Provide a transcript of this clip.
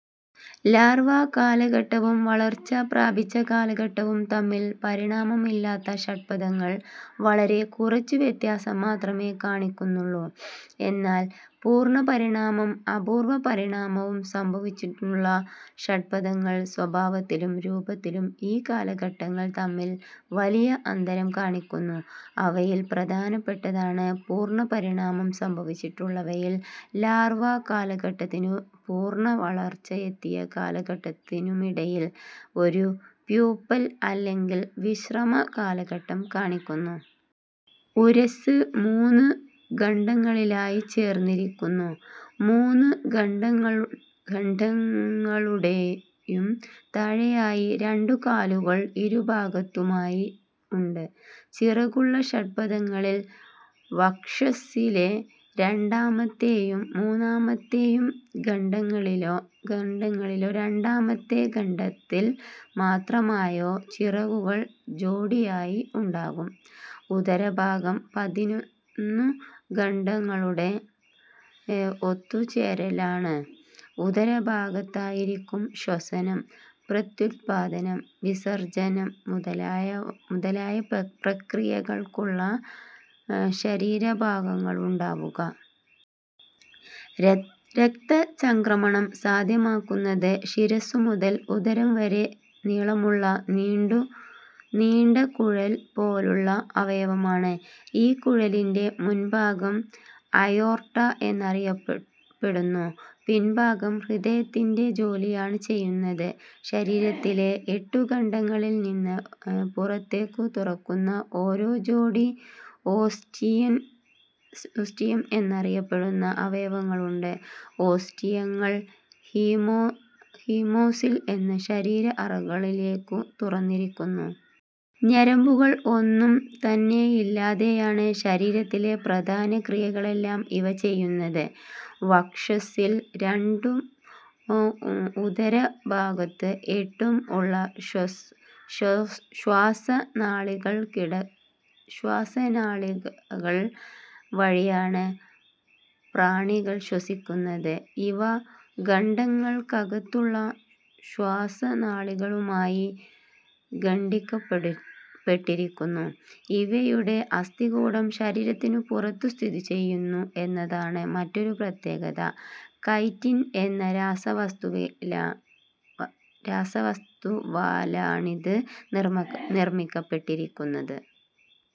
Larva കാലഘട്ടവും വളർച്ച പ്രാപിച്ച കാലഘട്ടവും തമ്മിൽ പരിണാമം ഇല്ലാത്ത ഷഡ്പദങ്ങൾ വളരെ കുറച്ച് വ്ത്യാസം മാത്രമേ കാണിക്കുന്നുള്ളൂ. എന്നാൽ പൂർണ്ണപരിണാമവും അപൂർണ പരിണാമവും സംഭവിച്ചിട്ടുള്ള ഷഡ്പദങ്ങൾ സ്വഭാവത്തിലും രൂപത്തിലും ഈ കാലഘട്ടങ്ങൾ തമ്മിൽ വലിയ അന്തരം കാണിക്കുന്നു. അവയിൽ പ്രധാനപ്പെട്ടതാണ് പൂർണ പരിണാമം സംഭവിച്ചിട്ടുള്ളവയിൽ ലാർവ്വ കാലഘട്ടത്തിനു പൂർണ വളർച്ച എത്തിയ കാലഘട്ടത്തിനുമടിയിൽ ഒരു പ്യൂപ്പൽ അല്ലെങ്കിൽ വിശ്രമ കാലഘട്ടംകാണിക്കുന്നു. ഉരസ്സ് മൂന്നു ഖണ്ഡങ്ങളായി ചേർന്നിരിക്കുന്നു. മൂന്നു ഖണ്ഡങ്ങളുടേയും താഴെയായി രണ്ടുകാലുകൾ ഇരുഭാഗത്തുമായി ഉണ്ട്. ചിറകുള്ള ഷഡ്പദങ്ങളിൽ വക്ഷസ്സിലെ രണ്ടാമത്തെയും മൂന്നാമത്തെയും ഖണ്ഡങ്ങളിലോ, രണ്ടാമത്തെ ഖണ്ഡത്തിൽ മാത്രമായോ, ചിറകുകൾ ജോടിയായി ഉണ്ടാകും. ഉദരഭാഗം പതിനൊന്നു ഖണ്ഡങ്ങളുടെ ഒത്തുചേരലാണ്. ഉദരഭാഗത്തായിരിക്കും ശ്വസനം, പ്രത്യുത്പാദനം, വിസർജ്ജനം മുതലായ പ്രക്രിയകൾക്കുള്ള ശരീരഭാഗങ്ങളുണ്ടാവുക. രക്തചംക്രമണം സാധ്യമാക്കുന്നത് ശിരസ്സുമുതൽ ഉദരം വരെ നീളമുള്ള നീണ്ട കുഴൽ പോലുള്ള അവയവമാണ്. ഈ കുഴലിന്റെ മുൻഭാഗം അയോർട്ട എന്നറിയപ്പെടുന്നു. പിൻഭാഗം ഹൃദയത്തിന്റെ ജോലിയാണു ചെയ്യുന്നത്. ശരീരത്തിലെ എട്ടുഖണ്ഡങ്ങളിൽ നിന്ന് പുറത്തേക്കു തുറക്കുന്ന ഓരോ ജോടി ഓസ്റ്റിയം എന്നറിയപ്പെടുന്ന അവയവങ്ങളുണ്ട്. ഓസ്റ്റിയങ്ങൾ ഹീമോസിൽ എന്ന ശരീര അറകളിലേക്കു തുറന്നിരിക്കുന്നു. ഞരമ്പുകൾ ഒന്നും തന്നെയില്ലാതെയാണ് ശരീരത്തിലെ പ്രധാന ക്രിയകളെല്ലാം ഇവ ചെയ്യുന്നത്. വക്ഷസ്സിൽ രണ്ടും ഉദരഭാഗത്ത് എട്ടും ഉള്ള ശ്വാസനാളികകൾ വഴിയാണ് പ്രാണികൾ ശ്വസിക്കുന്നത്. ഇവ ഖണ്ഡങ്ങൾക്കകത്തുള്ള ശ്വാസനാളിയുമായി ബന്ധിക്കപ്പെട്ടിരിക്കുന്നു. ഇവയുടെ അസ്ഥികൂടം ശരീരത്തിനു പുറത്തു സ്ഥിതിചെയ്യുന്നു എന്നതാണ് മറ്റൊരു പ്രത്യേകത, കൈറ്റിൻ എന്ന രാസവസ്തുവാലാണിത് നിർമ്മിക്കപ്പെട്ടിരിക്കുന്നത്.